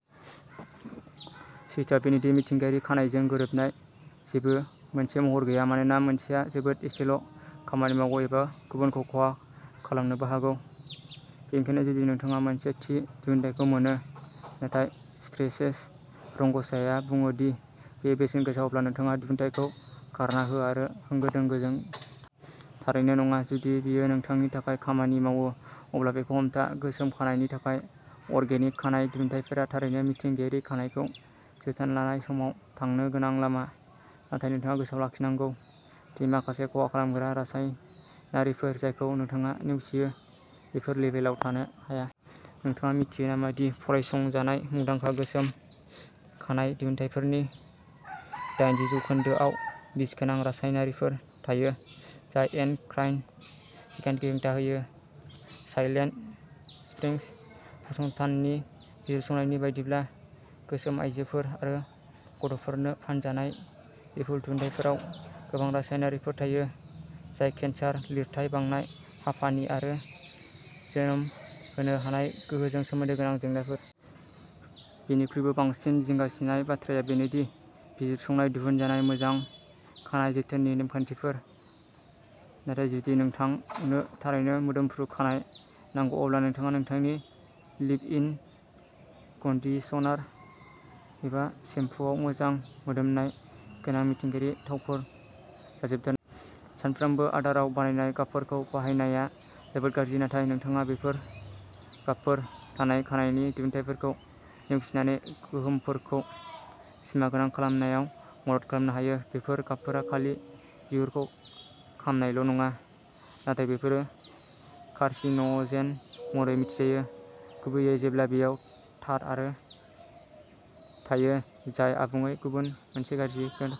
सैथोआ बेनो दि, मिथिंगायारि खानाइजों गोरोबनाय जेबो मोनसे महर गैया मानोना मोनसेया जोबोद एसेल' खामानि मावो एबा गुबुनखौ खहा खालामनोबो हागौ, बेनिखायनो जुदि नोंथाङा मोनसे थि दिहुनथाइखौ मोनो, नाथाय "स्ट्रेसेस रोंग'सा" आ बुङो दि बेयो बेसेनगोसा, अब्ला नोंथाङा दिहुनथायखौ गारना हो आरो होंगो दोंगोजों थारैनो नङा! जुदि बेयो नोंथांनि थाखाय खामानि मावो, अब्ला बेखौ हमथा! गोसोम खानाइनि थाखाय अर्गेनिक खानाइ दिहुनथायफोरा थारैनो मिथिंगायारि खानाइखौ जोथोन लानाय समाव थांनो गोनां लामा, नाथाय नोंथाङा गोसोआव लाखिनांगौ दि माखासे खहा खालामग्रा रासायनारिफोर जायखौ नोंथाङा नेवसियो, बेफोर लेबेलआव थानो हाया। नोंथाङा मिथियो नामा दि फरायसंजानाय मुंदांखा गोसोम खानाइ दिहुनथायफोरनि दाइनजि जौखोनदो आव बिसगोनां रासायनारिफोर थायो जाय एन्डक्राइन बिखान्थि "हेंथा" होयो? साइलेन्ट स्प्रिंग्स फसंथाननि बिजिरसंनायनि बायदिब्ला, गोसोम आयजोफोर आरो गथ'फोरनो फानजानाय बेफोर दिहुनथायफोराव गोबां रासायनारिफोर थायो, जाय केन्सार, लिरथाय बांनाय, हापानि आरो जोनोम होनो हानाय गोहोजों सोमोन्दो गोनां जेंनाफोर। बेनिख्रुइबो बांसिन जिंगासिनाय बाथ्राया बेनो दि बिजिरसंनाय दिहुनजानाय मोजां खानाय जोथोननि नेमखान्थिफोर, नाथाय जुदि नोंथांनो थारैनो मोदोमफ्रु खानाय नांगौ, अब्ला नोंथाङा नोंथांनि लिभ-इन कन्डिशनार एबा सेम्पुआव मोजां मोदोमनाय गोनां मिथिंगायारि थावफोर दाजाबदेरनो सानफ्रोमबो आदाराव बानायनाय गाबफोरखौ बाहायनाया जोबोद गाज्रि, नाथाय नोंथाङा बेफोर गाबफोर थानाय खानाइनि दिहुनथायफोरखौ नेवसिनानै गोहोमफोरखौ सिमागोनां खालामनायाव मदद खालामनो हायो। बेफोर गाबफोरा खालि बिगुरखौ खामनायल' नङा, नाथाय बेफोरो कार्सिन'जेन महरै मिथिजायो, गुबैयै जेब्ला बेयाव टार आरो थायो जाय आबुङै गुबुन मोनसे गाज्रि